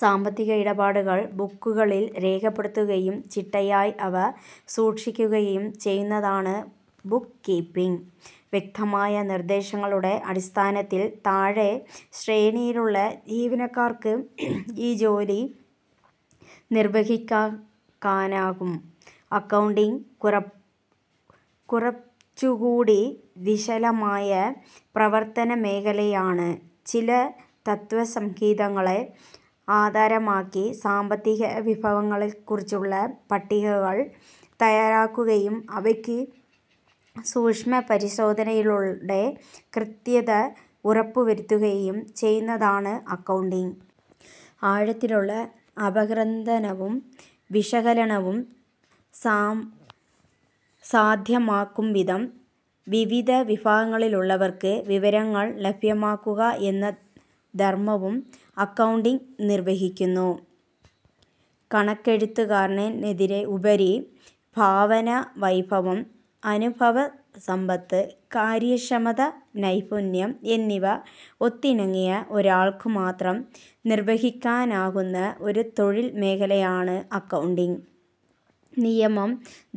സാമ്പത്തിക ഇടപാടുകൾ ബുക്കുകളിൽ രേഖപ്പെടുത്തുകയും ചിട്ടയായി അവ സൂക്ഷിക്കുകയും ചെയ്യുന്നതാണ് ബുക്ക് കീപ്പിങ്. വ്യക്തമായ നിർദ്ദേശങ്ങളുടെ അടിസ്ഥാനത്തിൽ താഴെ ശ്രേണിയിലുള്ള ജീവനക്കാർക്ക് ഈ ജോലി നിർവഹിക്കാനാകും. അക്കൗണ്ടിംഗ് കുറച്ചുകൂടി വിശാലമായ പ്രവർത്തനമേഖലയാണ്. ചില തത്ത്വസംഹിതകളെ ആധാരമാക്കി, സാമ്പത്തിക വിഭവങ്ങളെക്കുറിച്ചുള്ള പട്ടികകൾ തയ്യാറാക്കുകയും അവയ്ക്ക് സൂക്ഷ്മപരിശോധനയിലൂടെ കൃത്യത ഉറപ്പുവരുത്തുകയും ചെയ്യുന്നതാണ് അക്കൗണ്ടിംഗ്. ആഴത്തിലുള്ള അപഗ്രഥനവും വിശകലനവും സാധ്യമാകുംവിധം വിവിധ വിഭാഗങ്ങളിലുള്ളവർക്ക് വിവരങ്ങൾ ലഭ്യമാക്കുക എന്ന ധർമവും അക്കൗണ്ടിംഗ് നിർവഹിക്കുന്നു. കണക്കെഴുത്തുകാരനെന്നതിനുപരി ഭാവനാവൈഭവം, അനുഭവസമ്പത്ത്, കാര്യക്ഷമത, നൈപുണ്യം എന്നിവ ഒത്തിണങ്ങിയ ഒരാൾക്കുമാത്രം നിർവഹിക്കാനാകുന്ന ഒരു തൊഴിൽമേഖലയാണ് അക്കൗണ്ടിംഗ്. നിയമം,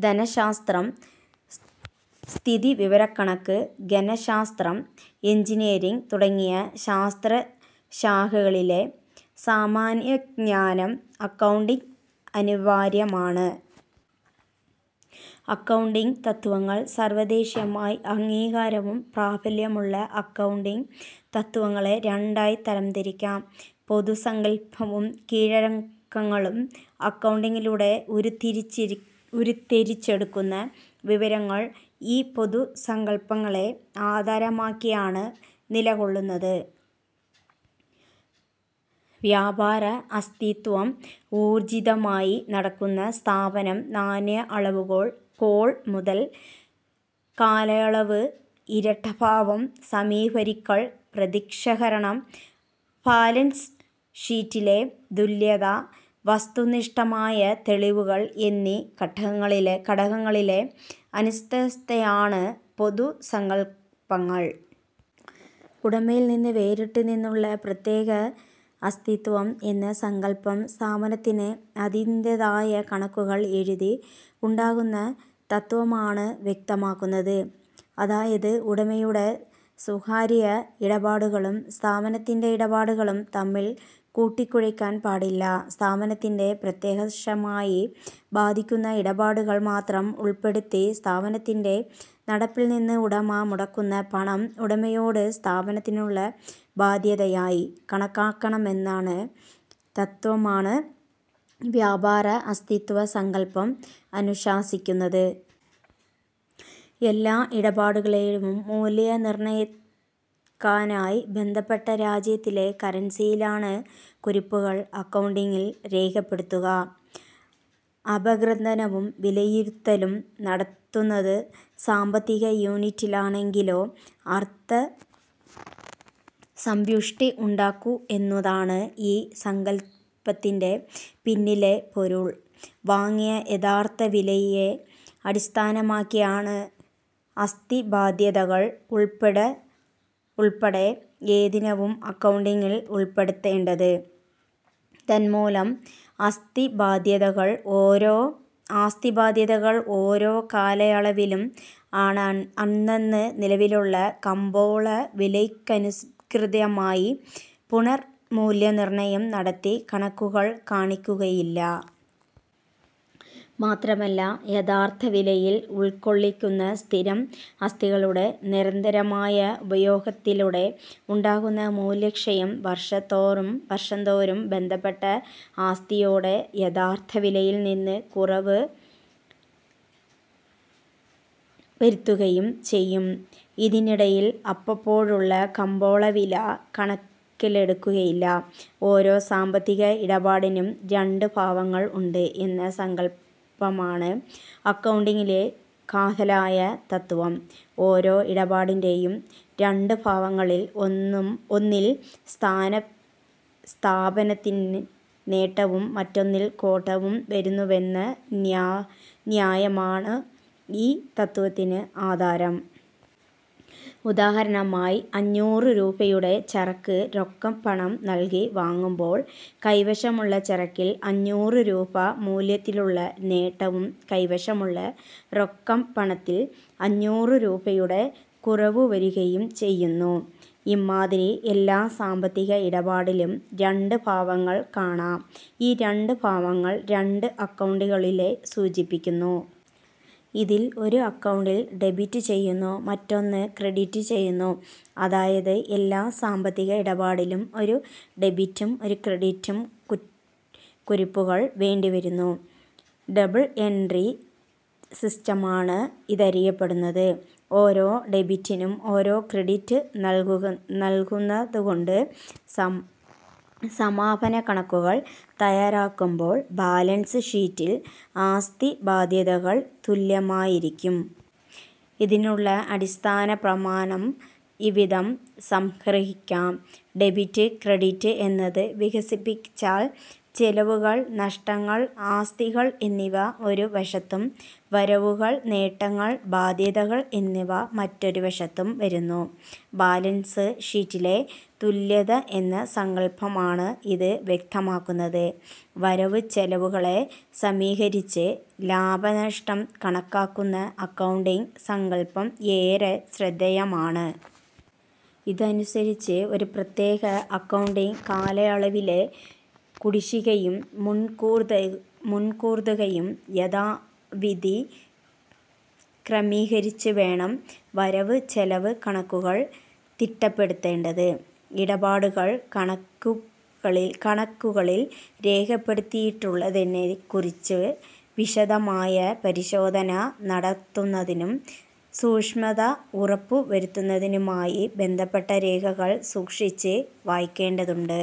ധനശാസ്ത്രം, സ്ഥിതിവിവരക്കണക്ക്, ഗണിതശാസ്ത്രം, എഞ്ചിനീയറിങ് തുടങ്ങിയ ശാസ്ത്രശാഖകളിലെ സാമാന്യജ്ഞാനം അക്കൗണ്ടന്റിന് അനിവാര്യമാണ്. അക്കൗണ്ടിംഗ് തത്ത്വങ്ങൾ സാർവദേശീയമായി അംഗീകാരവും പ്രാബല്യവുമുള്ള അക്കൗണ്ടിംഗ് തത്ത്വങ്ങളെ രണ്ടായി തരംതിരിക്കാം. പൊതുസങ്കല്പവും കീഴ്വഴക്കങ്ങളും. അക്കൗണ്ടിംഗിലൂടെ ഉരുത്തിരിച്ചെടുക്കുന്ന വിവരങ്ങൾ ഈ പൊതുസങ്കല്പങ്ങളെ ആധാരമാക്കിയാണ് നിലകൊള്ളുന്നത്. വ്യാപാര അസ്തിത്വം, ഊർജ്ജിതമായി നടക്കുന്ന സ്ഥാപനം, നാണ്യ അളവുകോൽ, കോൾ മുതൽ, കാലയളവ്, ഇരട്ടഭാവം, സമീകരിക്കൽ, പ്രത്യക്ഷീകരണം, ബാലൻസ് ഷീറ്റിലെ തുല്യത, വസ്തുനിഷ്ഠമായ തെളിവുകൾ എന്നീ ഘടകങ്ങളിലെ അന്തഃസത്തയാണ് പൊതുസങ്കല്പങ്ങൾ. ഉടമയിൽനിന്ന് വേറിട്ട് നിന്നുള്ള പ്രത്യേക അസ്തിത്വം എന്ന സങ്കല്പം, സ്ഥാപനത്തിന് അതിൻ്റെതായ കണക്കുകൾ എഴുതി ഉണ്ടാക്കുന്ന തത്ത്വമാണ് വ്യക്തമാക്കുന്നത്. അതായത്, ഉടമയുടെ സ്വകാര്യ ഇടപാടുകളും സ്ഥാപനത്തിൻ്റെ ഇടപാടുകളും തമ്മിൽ കൂട്ടിക്കുഴയ്ക്കാൻ പാടില്ല. സ്ഥാപനത്തിനെ പ്രത്യക്ഷമായി ബാധിക്കുന്ന ഇടപാടുകൾ മാത്രം ഉൾപ്പെടുത്തി, സ്ഥാപനത്തിൻ്റെ നടത്തിപ്പിന് ഉടമ മുടക്കുന്ന പണം ഉടമയോട് സ്ഥാപനത്തിനുള്ള ബാദ്ധ്യതയായി കണക്കാക്കണമെന്ന തത്ത്വമാണ് വ്യാപാര അസ്തിത്വ സങ്കല്പം അനുശാസിക്കുന്നത്. എല്ലാ ഇടപാടുകളുടേയും മൂല്യം നിർണയിക്കാനായി ബന്ധപ്പെട്ട രാജ്യത്തിലെ കറൻസിയിലാണ് കുറിപ്പുകൾ അക്കൗണ്ടിംഗിൽ രേഖപ്പെടുത്തുക. അപഗ്രഥനവും വിലയിരുത്തലും നടത്തുന്നത് സാമ്പത്തിക യൂണിറ്റിലാണെങ്കിലേ അർത്ഥസമ്പുഷ്ടി ഉണ്ടാകൂ എന്നതാണ് ഈ സങ്കല്പത്തിൻ്റെ പിന്നിലെ പൊരുൾ. വാങ്ങിയ യഥാർഥ വിലയെ അടിസ്ഥാനമാക്കിയാണ് ആസ്തിബാദ്ധ്യതകൾ ഉൾപ്പെടെ ഏതിനവും അക്കൗണ്ടിംഗിൽ ഉൾപ്പെടുത്തേണ്ടത്. തന്മൂലം, ആസ്തിബാദ്ധ്യതകൾ ഓരോ കാലയളവിലും അന്നന്ന് നിലവിലുള്ള കമ്പോളവിലയ്ക്കനുസൃതമായി പുനർമൂല്യനിർണയം നടത്തി കണക്കുകളിൽ കാണിക്കുകയില്ല. മാത്രമല്ല യഥാർഥവിലയിൽ ഉൾക്കൊള്ളിക്കുന്ന സ്ഥിരം ആസ്തികളുടെ നിരന്തരമായ ഉപയോഗത്തിലൂടെ ഉണ്ടാകുന്ന മൂല്യക്ഷയം വർഷംതോറും ബന്ധപ്പെട്ട ആസ്തിയുടെ യഥാർഥവിലയിൽ നിന്ന് കുറവ് വരുത്തുകയും ചെയ്യും. ഇതിനിടയിൽ അപ്പപ്പോഴുള്ള കമ്പോളവില കണക്കിലെടുക്കുകയില്ല. ഓരോ സാമ്പത്തിക ഇടപാടിനും രണ്ടുഭാവങ്ങൾ ഉണ്ട് എന്ന സങ്കല്പമാണ് അക്കൗണ്ടിംഗിലെ കാതലായ തത്ത്വം. ഓരോ ഇടപാടിൻ്റെയും രണ്ടുഭാവങ്ങളിൽ ഒന്നിൽ സ്ഥാപനത്തിന് നേട്ടവും മറ്റൊന്നിൽ കോട്ടവും വരുന്നുവെന്ന ന്യായമാണ് ഈ തത്ത്വത്തിന് ആധാരം. ഉദാഹരണമായി, അഞ്ഞൂറ് രൂപയുടെ ചരക്ക് രൊക്കം പണം നൽകി വാങ്ങുമ്പോൾ കൈവശമുള്ള ചരക്കിൽ അഞ്ഞൂറ് രൂപ മൂല്യത്തിലുള്ള നേട്ടവും കൈവശമുള്ള രൊക്കം പണത്തിൽ അഞ്ഞൂറ് രൂപയുടെ കുറവുവരികയും ചെയ്യുന്നു. ഇമ്മാതിരി എല്ലാ സാമ്പത്തിക ഇടപാടിലും രണ്ടു ഭാവങ്ങൾ കാണാം. ഈ രണ്ടു ഭാവങ്ങൾ രണ്ട് അക്കൗണ്ടുകളെ സൂചിപ്പിക്കുന്നു. ഇതിൽ ഒരു അക്കൗണ്ട് ഡെബിറ്റ് ചെയ്യുന്നു; മറ്റൊന്ന് ക്രെഡിറ്റ് ചെയ്യുന്നു. അതായത് എല്ലാ സാമ്പത്തിക ഇടപാടിലും ഒരു ഡെബിറ്റും ഒരു ക്രെഡിറ്റും കുറിപ്പുകൾ വേണ്ടിവരുന്നു. Double entry സിസ്റ്റമെന്നാണ് ഇതറിയപ്പെടുന്നത്. ഓരോ ഡെബിറ്റിനും ഓരോ ക്രെഡിറ്റ് നൽകുന്നതുകൊണ്ട് സമാപനകണക്കുകൾ തയ്യാറാക്കുമ്പോൾ ബാലൻസ് ഷീറ്റിൽ ആസ്തിബാദ്ധ്യതകൾ തുല്യമായിരിക്കും. ഇതിനുള്ള അടിസ്ഥാനപ്രമാണം ഇവിധം സംഗ്രഹിക്കാം. ഡെബിറ്റ് ക്രെഡിറ്റ് എന്നത് വികസിപ്പിച്ചാൽ ചെലവുകൾ, നഷ്ടങ്ങൾ, ആസ്തികൾ എന്നിവ ഒരു വശത്തും, വരവുകൾ, നേട്ടങ്ങൾ, ബാദ്ധ്യതകൾ എന്നിവ മറുവശത്തും വരുന്നു. ബാലൻസ് ഷീറ്റിലെ തുല്യത എന്ന സങ്കല്പമാണ് ഇത് വ്യക്തമാക്കുന്നത്. വരവുചെലവുകളെ സമീകരിച്ച് ലാഭനഷ്ടം കണക്കാക്കുന്ന അക്കൗണ്ടിംഗ് സങ്കല്പം ഏറെ ശ്രദ്ധേയമാണ്. ഇതനുസരിച്ച് ഒരു പ്രത്യേക അക്കൗണ്ടിംഗ് കാലയളവിലെ കുടിശ്ശികയും മുൻകൂർതുകയും യഥാവിധി ക്രമീകരിച്ചു വേണം വരവ് ചെലവ് കണക്കുകൾ തിട്ടപ്പെടുത്തേണ്ടത്. ഇടപാടുകൾ കണക്കുകളിൽ രേഖപ്പെടുത്തിയിട്ടുള്ളതിനെക്കുറിച്ച് വിശദമായ പരിശോധന നടത്തുന്നതിനും സൂക്ഷ്മത ഉറപ്പുവരുത്തുന്നതിനുമായി ബന്ധപ്പെട്ട രേഖകൾ സൂക്ഷിച്ചു വയ്ക്കേണ്ടതുണ്ട്.